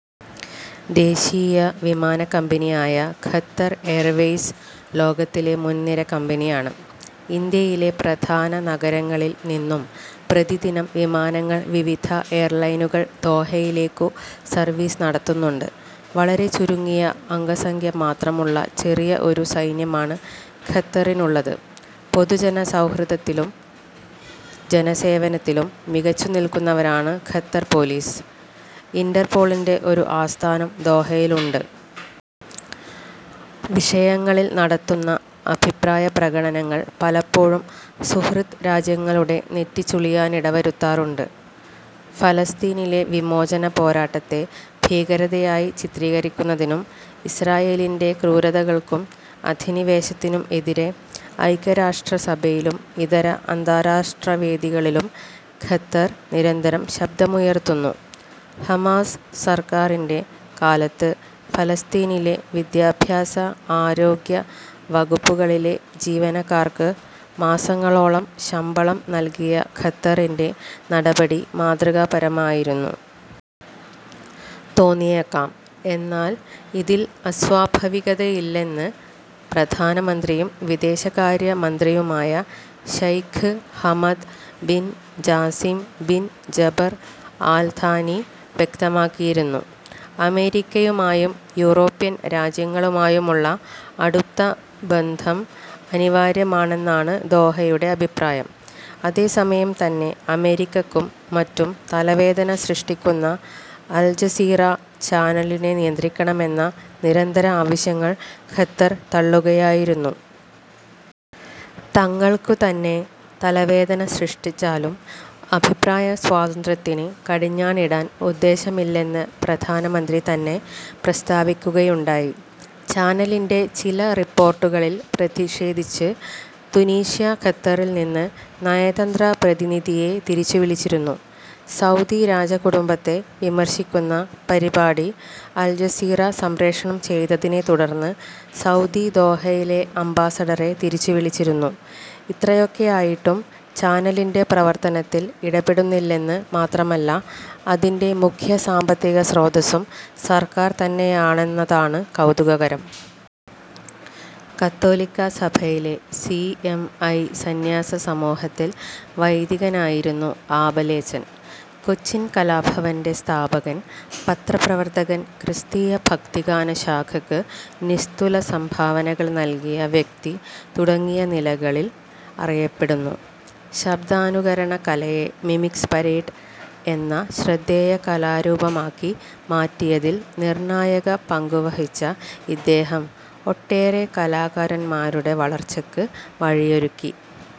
ദേശീയ വിമാനക്കമ്പനിയായ Qatar Airways ലോകത്തിലെ മുൻനിര കമ്പനിയാണ്. ഇന്ത്യയിലെ പ്രധാന നഗരങ്ങളിൽ നിന്നും പ്രതിദിനം വിമാനങ്ങൾ വിവിധ എയർലൈനുകൾ ദോഹയിലേക്കു സർവീസ് നടത്തുന്നുണ്ട്. വളരെ ചുരുങ്ങിയ അംഗസംഖ്യ മാത്രമുള്ള ചെറിയ ഒരു സൈന്യമാണ് ഖത്തറിനുള്ളത്. പൊതുജന സൗഹൃദത്തിലും ജനസേവനത്തിലും മികച്ചുനിൽക്കുന്നവരാണ് ഖത്തർ പോലീസ്. ഇന്റെർ പോളിന്റെ ഒരു ആസ്ഥാനം ദോഹയിലുണ്ട്. വിഷയങ്ങളിൽ നടത്തുന്ന അഭിപ്രായപ്രകടനങ്ങൾ പലപ്പോഴും സുഹൃദ് രാജ്യങ്ങളുടെ നെറ്റിചുളിയാനിടവരുത്താറുണ്ട്. ഫലസ്തീനിലെ വിമോചനപോരാട്ടത്തെ ഭീകരതയായി ചിത്രീകരിക്കുന്നതിനും ഇസ്രായേലിന്റെ ക്രൂരതകൾക്കും അധിനിവേശത്തിനും എതിരെ ഐക്യരാഷ്ട്രസഭയിലും ഇതര അന്താരാഷ്ട്രവേദികളിലും ഖത്തർ നിരന്തരം ശബ്ദമുയർത്തുന്നു. ഹമാസ് സർക്കാറിന്റെ കാലത്ത്ഫലസ്തീനിലെ വിദ്യാഭ്യാസ, ആരോഗ്യ വകുപ്പുകളിലെ ജീവനക്കാർക്ക് മാസങ്ങളോളം ശമ്പളം നൽകിയ ഖത്തറിന്റെ നടപടി മാതൃകാപരമായിരുന്നു. തോന്നിയേക്കാം. എന്നാൽ ഇതിൽ അസ്വാഭാവികതയില്ലെന്ന് പ്രധാനമന്ത്രിയും വിദേശകാര്യ മന്ത്രിയുമായ Sheikh Hamad bin Jassim bin Jaber Al Thani വ്യക്തമാക്കിയിരുന്നു. അമേരിക്കയുമായും യൂറോപ്യൻ രാജ്യങ്ങളുമായുമുള്ള അടുത്ത ബന്ധം അനിവാര്യമാണെന്നാണ് ദോഹയുടെ അഭിപ്രായം. അതേസമയം തന്നെ അമേരിക്കക്കും മറ്റും തലവേദന സൃഷ്ടിക്കുന്ന അൽജസീറ ചാനലിനെനിയന്ത്രിക്കണമെന്ന നിരന്തര ആവശ്യങ്ങൾ ഖത്തർ തള്ളുകയായിരുന്നു. തങ്ങൾക്കുതന്നെ തലവേദനസൃഷ്ടിച്ചാലും അഭിപ്രായ സ്വാതന്ത്ര്യത്തിന് കടിഞ്ഞാണിടാൻ ഉദ്ദേശ്യമില്ലെന്ന് പ്രധാനമന്ത്രി തന്നെ പ്രസ്താവിക്കുകയുണ്ടായി. ചാനലിന്റെ ചില റിപ്പോർട്ടുകളിൽ പ്രതിഷേധിച്ച് തുനീഷ്യ ഖത്തറിൽ നിന്ന് നയതന്ത്ര പ്രതിനിധിയെ തിരിച്ചുവിളിച്ചിരുന്നു. സൗദി രാജകുടുംബത്തെ വിമർശിക്കുന്ന പരിപാടി അൽജസീറ സംപ്രേഷണം ചെയ്തതിനെ തുടർന്ന് സൗദി ദോഹയിലെ അംബാസഡറെ തിരിച്ചുവിളിച്ചിരുന്നു. ഇത്രയൊക്കെയായിട്ടും ചാനലിന്റെ പ്രവർത്തനത്തിൽ ഇടപെടുന്നില്ലെന്ന് മാത്രമല്ല, അതിന്റെ മുഖ്യ സാമ്പത്തിക സ്രോതസ്സും സർക്കാർ തന്നെയാണെന്നതാണ് കൗതുകകരം. കത്തോലിക്കാ സഭയിലെ സി. എം. ഐ. സന്യാസ സമൂഹത്തിൽ വൈദികനായിരുന്നു ആബേലച്ചൻ. കൊച്ചിൻ കലാഭവന്റെ സ്ഥാപകൻ, പത്രപ്രവർത്തകൻ, ക്രിസ്തീയ ഭക്തിഗാന ശാഖക്ക് നിസ്തുല സംഭാവനകൾ നൽകിയ വ്യക്തി തുടങ്ങിയ നിലകളിൾ അറിയപ്പെടുന്നു. ശബ്ദാനുകരണ കലയെ മിമിക്സ് പരേഡ് എന്ന ശ്രദ്ധേയ കലാരൂപമാക്കി മാറ്റിയതിൽ നിർണായക പങ്കുവഹിച്ച ഇദ്ദേഹം ഒട്ടേറെ കലാകാരൻമാരുടെ വളർച്ചക്ക് വഴിയൊരുക്കി.